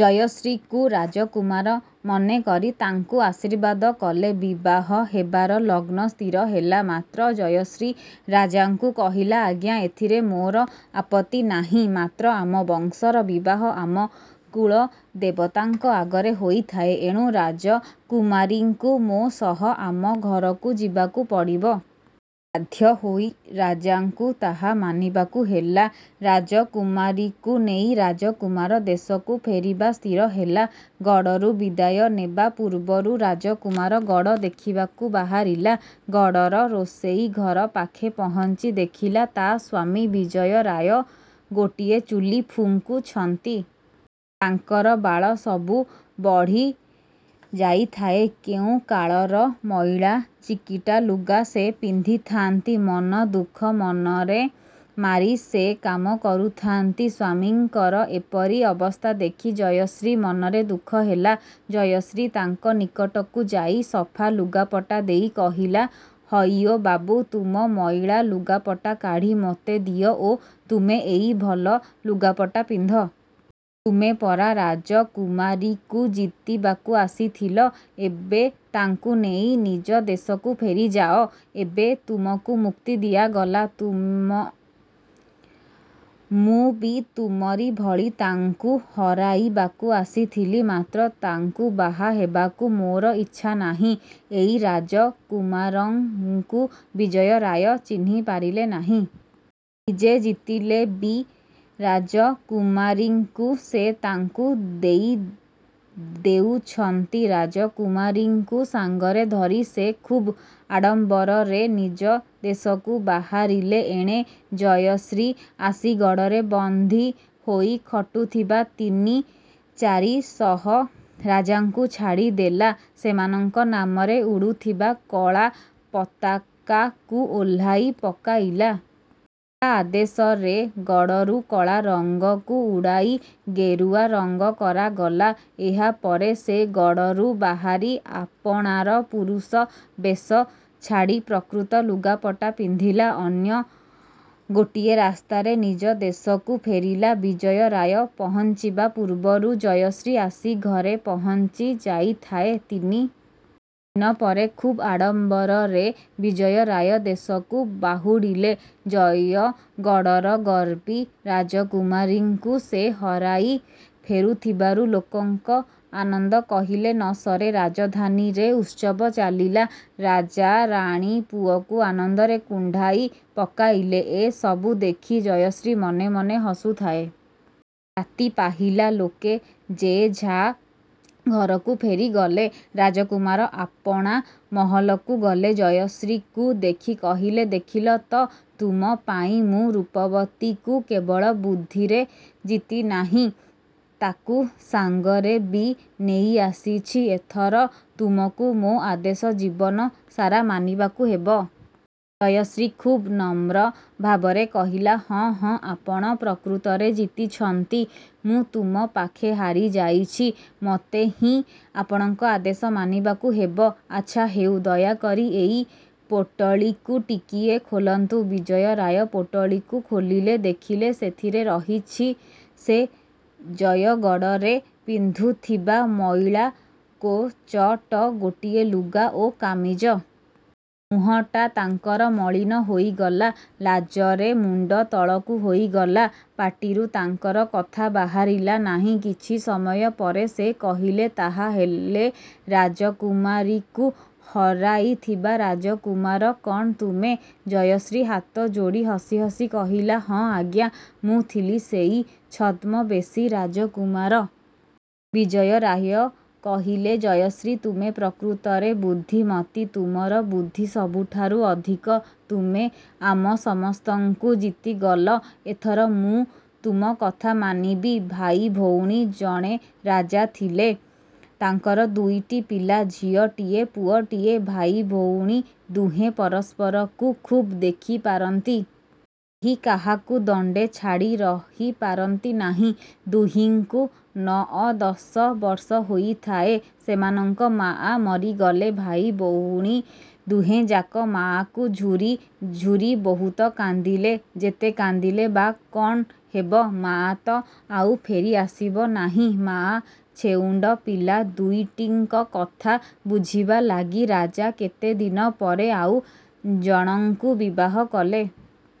ଜୟଶ୍ରୀକୁ ରାଜକୁମାର ମନେ କରି ତାଙ୍କୁ ଆଶୀର୍ବାଦ କଲେ। ବିବାହ ହେବାର ଲଗ୍ନ ସ୍ଥିର ହେଲା। ମାତ୍ର ଜୟଶ୍ରୀ ରାଜାଙ୍କୁ କହିଲା, ଆଜ୍ଞା, ଏଥିରେ ମୋର ଆପତ୍ତି ନାହିଁ, ମାତ୍ର ଆମ ବଂଶର ବିବାହ ଆମ କୁଳଦେବତାଙ୍କ ଆଗରେ ହୋଇଥାଏ। ଏଣୁ ରାଜକୁମାରୀଙ୍କୁ ମୋ ସହ ଆମ ଘରକୁ ଯିବାକୁ ପଡ଼ିବ। ବାଧ୍ୟ ହୋଇ ରାଜାଙ୍କୁ ତାହା ମାନିବାକୁ ହେଲା। ରାଜକୁମାରୀକୁ ନେଇ ରାଜକୁମାର ଦେଶକୁ ଫେରିବା ସ୍ଥିର ହେଲା। ଗଡ଼ରୁ ବିଦାୟ ନେବା ପୂର୍ବରୁ ରାଜକୁମାର ଗଡ଼ ଦେଖିବାକୁ ବାହାରିଲା। ଗଡ଼ର ରୋଷେଇ ଘର ପାଖେ ପହଞ୍ଚି ଦେଖିଲା, ତା ସ୍ୱାମୀ ବିଜୟ ରାୟ ଗୋଟିଏ ଚୁଲି ଫୁଙ୍କୁଛନ୍ତି। ତାଙ୍କର ବାଳ ସବୁ ବଢ଼ି ଯାଇଥାଏ। କେଉଁ କାଳର ମଇଳା, ଚିକିଟା ଲୁଗା ସେ ପିନ୍ଧିଥାନ୍ତି। ମନ ଦୁଃଖ ମନରେ ମାରି ସେ କାମ କରୁଥାନ୍ତି। ସ୍ୱାମୀଙ୍କର ଏପରି ଅବସ୍ଥା ଦେଖି ଜୟଶ୍ରୀ ମନରେ ଦୁଃଖ ହେଲା। ଜୟଶ୍ରୀ ତାଙ୍କ ନିକଟକୁ ଯାଇ ସଫା ଲୁଗାପଟା ଦେଇ କହିଲା, ହଇଓ ବାବୁ, ତୁମ ମଇଳା ଲୁଗାପଟା କାଢ଼ି ମୋତେ ଦିଅ ଓ ତୁମେ ଏଇ ଭଲ ଲୁଗାପଟା ପିନ୍ଧ। ତୁମେ ପରା ରାଜକୁମାରୀକୁ ଜିତିବାକୁ ଆସିଥିଲ? ଏବେ ତାଙ୍କୁ ନେଇ ନିଜ ଦେଶକୁ ଫେରିଯାଅ। ଏବେ ତୁମକୁ ମୁକ୍ତି ଦିଆଗଲା। ତୁମ ମୁଁ ବି ତୁମରି ଭଳି ତାଙ୍କୁ ହରାଇବାକୁ ଆସିଥିଲି, ମାତ୍ର ତାଙ୍କୁ ବାହା ହେବାକୁ ମୋର ଇଚ୍ଛା ନାହିଁ। ଏଇ ରାଜକୁମାରଙ୍କୁ ବିଜୟ ରାୟ ଚିହ୍ନି ପାରିଲେ ନାହିଁ। ନିଜେ ଜିତିଲେ ବି ରାଜକୁମାରୀଙ୍କୁ ସେ ତାଙ୍କୁ ଦେଇଦେଉଛନ୍ତି। ରାଜକୁମାରୀଙ୍କୁ ସାଙ୍ଗରେ ଧରି ସେ ଖୁବ୍ ଆଡ଼ମ୍ବରରେ ନିଜ ଦେଶକୁ ବାହାରିଲେ। ଏଣେ ଜୟଶ୍ରୀ ଆସି ଗଡ଼ରେ ବନ୍ଦୀ ହୋଇ ଖଟୁଥିବା ତିନି ଚାରି ଶହ ରାଜାଙ୍କୁ ଛାଡ଼ିଦେଲା। ସେମାନଙ୍କ ନାମରେ ଉଡ଼ୁଥିବା କଳା ପତାକାକୁ ଓହ୍ଳାଇ ପକାଇଲା। ତା ଆଦେଶରେ ଗଡ଼ରୁ କଳା ରଙ୍ଗକୁ ଉଡ଼ାଇ ଗେରୁଆ ରଙ୍ଗ କରାଗଲା। ଏହା ପରେ ସେ ଗଡ଼ରୁ ବାହାରି ଆପଣାର ପୁରୁଷ ବେଶ ଛାଡ଼ି ପ୍ରକୃତ ଲୁଗାପଟା ପିନ୍ଧିଲା। ଅନ୍ୟ ଗୋଟିଏ ରାସ୍ତାରେ ନିଜ ଦେଶକୁ ଫେରିଲା। ବିଜୟ ରାୟ ପହଞ୍ଚିବା ପୂର୍ବରୁ ଜୟଶ୍ରୀ ଆସି ଘରେ ପହଞ୍ଚି ଯାଇଥାଏ। ତିନି ଦିନ ପରେ ଖୁବ୍ ଆଡ଼ମ୍ବରରେ ବିଜୟ ରାୟ ଦେଶକୁ ବାହୁଡ଼ିଲେ। ଜୟଗଡ଼ର ଗର୍ବୀ ରାଜକୁମାରୀଙ୍କୁ ସେ ହରାଇ ଫେରୁଥିବାରୁ ଲୋକଙ୍କ ଆନନ୍ଦ କହିଲେ ନ ସରେ। ରାଜଧାନୀରେ ଉତ୍ସବ ଚାଲିଲା। ରାଜା ରାଣୀ ପୁଅକୁ ଆନନ୍ଦରେ କୁଣ୍ଢାଇ ପକାଇଲେ। ଏସବୁ ଦେଖି ଜୟଶ୍ରୀ ମନେ ମନେ ହସୁଥାଏ। ରାତି ପାହିଲା। ଲୋକେ ଯେଝା ଘରକୁ ଫେରିଗଲେ। ରାଜକୁମାର ଆପଣା ମହଲକୁ ଗଲେ। ଜୟଶ୍ରୀକୁ ଦେଖି କହିଲେ, ଦେଖିଲ ତ ତୁମ ପାଇଁ ମୁଁ ରୂପବତୀକୁ କେବଳ ବୁଦ୍ଧିରେ ଜିତିନାହିଁ, ତାକୁ ସାଙ୍ଗରେ ବି ନେଇଆସିଛି। ଏଥର ତୁମକୁ ମୋ ଆଦେଶ ଜୀବନ ସାରା ମାନିବାକୁ ହେବ। ଜୟଶ୍ରୀ ଖୁବ୍ ନମ୍ର ଭାବରେ କହିଲା, ହଁ, ହଁ, ଆପଣ ପ୍ରକୃତରେ ଜିତିଛନ୍ତି। ମୁଁ ତୁମ ପାଖେ ହାରିଯାଇଛି। ମୋତେ ହିଁ ଆପଣଙ୍କ ଆଦେଶ ମାନିବାକୁ ହେବ। ଆଚ୍ଛା ହେଉ, ଦୟାକରି ଏଇ ପୋଟଳିକୁ ଟିକିଏ ଖୋଲନ୍ତୁ! ବିଜୟ ରାୟ ପୋଟଳିକୁ ଖୋଲିଲେ। ଦେଖିଲେ, ସେଥିରେ ରହିଛି, ସେ ଜୟଗଡ଼ରେ ପିନ୍ଧୁଥିବା ମଇଳା କୋଚଟ ଗୋଟିଏ ଲୁଗା ଓ କାମିଜ। ମୁହଁଟା ତାଙ୍କର ମଳିନ ହୋଇଗଲା। ଲାଜରେ ମୁଣ୍ଡ ତଳକୁ ହୋଇଗଲା। ପାଟିରୁ ତାଙ୍କର କଥା ବାହାରିଲା ନାହିଁ। କିଛି ସମୟ ପରେ ସେ କହିଲେ, ତାହା ହେଲେ, ରାଜକୁମାରୀକୁ ହରାଇଥିବା ରାଜକୁମାର କ'ଣ ତୁମେ? ଜୟଶ୍ରୀ ହାତ ଯୋଡ଼ି ହସି ହସି କହିଲା, ହଁ ଆଜ୍ଞା, ମୁଁ ଥିଲି ସେଇ ଛଦ୍ମବେଶୀ ରାଜକୁମାର। ବିଜୟ ରାୟ କହିଲେ, ଜୟଶ୍ରୀ, ତୁମେ ପ୍ରକୃତରେ ବୁଦ୍ଧିମତୀ। ତୁମର ବୁଦ୍ଧି ସବୁଠାରୁ ଅଧିକ। ତୁମେ ଆମ ସମସ୍ତଙ୍କୁ ଜିତିଗଲ। ଏଥର ମୁଁ ତୁମ କଥା ମାନିବି। ଭାଇ ଭଉଣୀ। ଜଣେ ରାଜା ଥିଲେ। ତାଙ୍କର ଦୁଇଟି ପିଲା, ଝିଅଟିଏ, ପୁଅଟିଏ। ଭାଇ ଭଉଣୀ ଦୁହେଁ ପରସ୍ପରକୁ ଖୁବ୍ ଦେଖିପାରନ୍ତି। କେହି କାହାକୁ ଦଣ୍ଡେ ଛାଡ଼ି ରହିପାରନ୍ତି ନାହିଁ। ଦୁହିଁଙ୍କୁ ନଅ ଦଶ ବର୍ଷ ହୋଇଥାଏ, ସେମାନଙ୍କ ମାଆ ମରିଗଲେ। ଭାଇ ଭଉଣୀ ଦୁହେଁଯାକ ମାଆକୁ ଝୁରି ଝୁରି ବହୁତ କାନ୍ଦିଲେ। ଯେତେ କାନ୍ଦିଲେ ବା କ'ଣ ହେବ, ମାଆ ତ ଆଉ ଫେରିଆସିବ ନାହିଁ। ମାଆ ଛେଉଣ୍ଡ ପିଲା ଦୁଇଟିଙ୍କ କଥା ବୁଝିବା ଲାଗି ରାଜା କେତେ ଦିନ ପରେ ଆଉ ଜଣଙ୍କୁ ବିବାହ କଲେ।